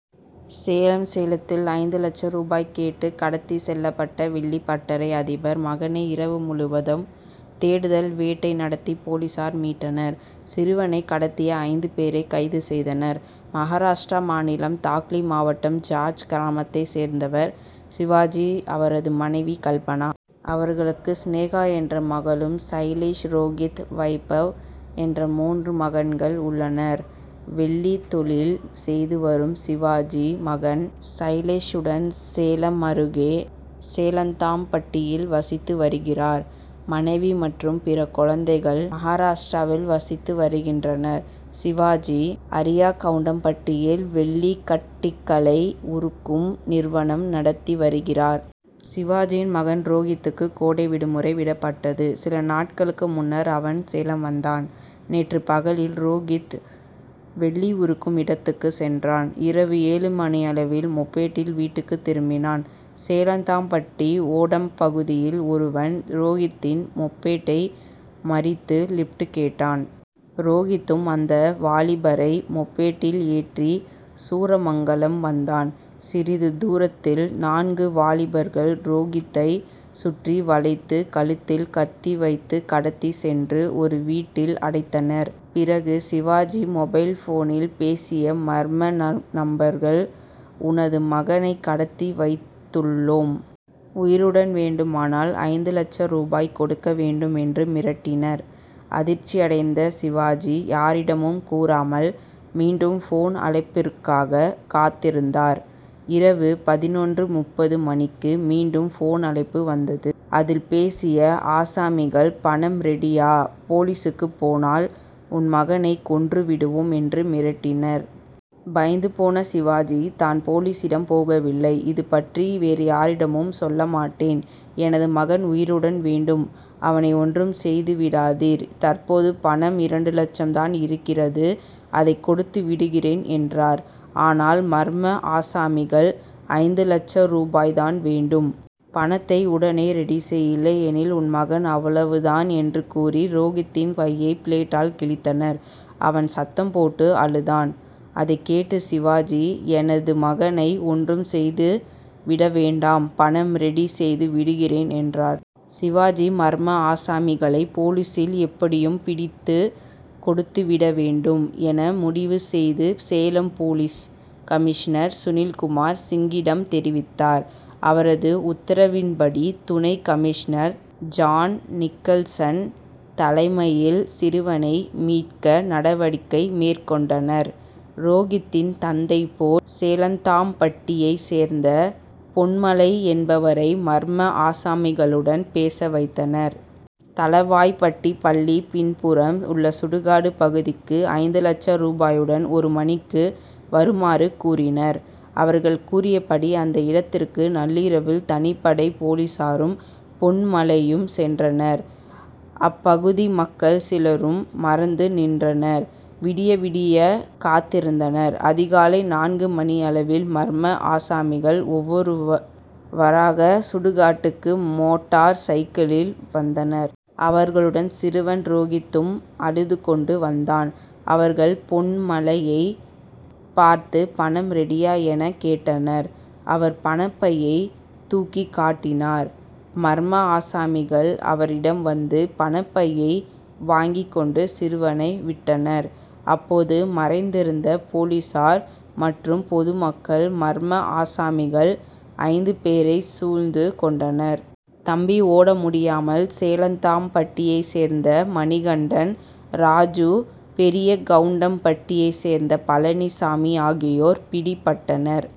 சேலம் சேலத்தில் ஐந்து லட்ச ரூபாய் கேட்டு கடத்திச் செல்லப்பட்ட வெள்ளிப்பட்டறை அதிபர் மகனை இரவு முழுவதும் தேடுதல் வேட்டை நடத்தி போலீசார் மீட்டனர். சிறுவனை கடத்திய ஐந்து பேரை கைது செய்தனர். மகாராஷ்டிரா மாநிலம் தாக்லி மாவட்டம் ஜார்த் கிராமத்தைச் சேர்ந்தவர் சிவாஜி. அவரது மனைவி கல்பனா. அவர்களுக்கு ஸ்நேகா என்ற மகளும் சைலேஷ் ரோகித் வைபவ் என்ற மூன்று மகன்கள் உள்ளனர். வெள்ளி தொழில் செய்து வரும் சிவாஜி மகன் சைலேஷுடன் சேலம் அருகே சேலத்தாம்பட்டியில் வசித்து வருகிறார். மனைவி மற்றும் பிற குழந்தைகள் மகாராஷ்டிராவில் வசித்து வருகின்றனர். சிவாஜி அரியாக்கவுண்டம்பட்டியில் வெள்ளிக்கட்டிகளை உருக்கும் நிறுவனம் நடத்தி வருகிறார். சிவாஜியின் மகன் ரோகித்துக்கு கோடை விடுமுறை விடப்பட்டது. சில நாட்களுக்கு முன்னர் அவன் சேலம் வந்தான். நேற்று பகலில் ரோகித் வெள்ளி உருக்கும் இடத்துக்கு சென்றான். இரவு ஏழு மணியளவில் மொபெட்டில் வீட்டுக்கு திரும்பினான். சேலத்தாம்பட்டி ஓடப்பகுதியில் ஒருவன் ரோகித்தின் மொபெட்டை மறித்து லிப்ட் கேட்டான். ரோகித்தும் அந்த வாலிபரை மொபெட்டில் ஏற்றி சூரமங்கலம் வந்தான். சிறிது தூரத்தில் நான்கு வாலிபர்கள் ரோகித்தைச் சுற்றி வளைத்து கழுத்தில் கத்தி வைத்து கடத்திச் சென்று ஒரு வீட்டில் அடைத்தனர். பிறகு சிவாஜி மொபைல் போனில் பேசிய மர்ம நபர்கள் உனது மகனை கடத்தி வைத்துள்ளோம். உயிருடன் வேண்டுமானால் ஐந்து லட்ச ரூபாய் கொடுக்க வேண்டும் என்று மிரட்டினர். அதிர்ச்சியடைந்த சிவாஜி யாரிடமும் கூறாமல் மீண்டும் போன் அழைப்பிற்காக காத்திருந்தார். இரவு பதினொன்று முப்பது மணிக்கு மீண்டும் போன் அழைப்பு வந்தது. அதில் பேசிய ஆசாமிகள் பணம் ரெடியா போலீசுக்கு போனால் உன் மகனை கொன்று விடுவோம் என்று மிரட்டினர். பயந்து போன சிவாஜி நான் போலீசிடம் போகவில்லை. இது பற்றி வேறு யாரிடமும் சொல்லமாட்டேன். எனது மகன் உயிருடன் வேண்டும் அவனை ஒன்றும் செய்து விடாதீர். தற்போது பணம் இரண்டு லட்சம் தான் இருக்கிறது அதை கொடுத்து விடுகிறேன் என்றார். ஆனால் மர்ம ஆசாமிகள் ஐந்து லட்ச ரூபாய் தான் வேண்டும். பணத்தை உடனே ரெடி செய். இல்லையெனில் உன் மகன் அவ்வளவு தான் என்று கூறி ரோகித்தின் கையை பிளேடால் கிழித்தனர். அவன் சத்தம் போட்டு அழுதான். அதை கேட்டு சிவாஜி எனது மகனை ஒன்றும் செய்து விட வேண்டாம் பணம் ரெடி செய்து விடுகிறேன் என்றார். சிவாஜி மர்ம ஆசாமிகளை போலீசில் எப்படியும் பிடித்து கொடுத்து விட வேண்டும் என முடிவு செய்து சேலம் போலீஸ் கமிஷனர் சுனில்குமார் சிங்கிடம் தெரிவித்தார். அவரது உத்தரவின்படி துணை கமிஷனர் ஜான் நிக்கல்சன் தலைமையில் சிறுவனை மீட்க நடவடிக்கை மேற்கொண்டனர். ரோகித்தின் தந்தை போல் சேலத்தாம்பட்டியைச் சேர்ந்த பொன்மலை என்பவரை மர்ம ஆசாமிகளுடன் பேச வைத்தனர். தளவாய்பட்டி பள்ளி பின்புறம் உள்ள சுடுகாடு பகுதிக்கு ஐந்து லட்ச ரூபாயுடன் ஒரு மணிக்கு வருமாறு கூறினர். அவர்கள் கூறியபடி அந்த இடத்திற்கு நள்ளிரவில் தனிப்படை போலீசாரும் பொன்மலையும் சென்றனர். அப்பகுதி மக்கள் சிலரும் மறைந்து நின்றனர். விடிய விடிய காத்திருந்தனர். அதிகாலை நான்கு மணி அளவில் மர்ம ஆசாமிகள் ஒவ்வொருவராக சுடுகாட்டுக்கு மோட்டார் சைக்கிளில் வந்தனர். அவர்களுடன் சிறுவன் ரோகித்தும் அழுது கொண்டு வந்தான். அவர்கள் பொன்மலையை பார்த்து பணம் ரெடியா என கேட்டனர். அவர் பணப்பையை தூக்கி காட்டினார். மர்ம ஆசாமிகள் அவரிடம் வந்து பணப்பையை வாங்கிக் கொண்டு சிறுவனை விட்டனர். அப்போது மறைந்திருந்த போலீசார் மற்றும் பொதுமக்கள் மர்ம ஆசாமிகள் ஐந்து பேரை சூழ்ந்து கொண்டனர். தப்பி ஓட முடியாமல் சேலத்தாம்பட்டியைச் சேர்ந்த மணிகண்டன் ராஜு பெரியகவுண்டம்பட்டியைச் சேர்ந்த பழனிசாமி ஆகியோர் பிடிபட்டனர்.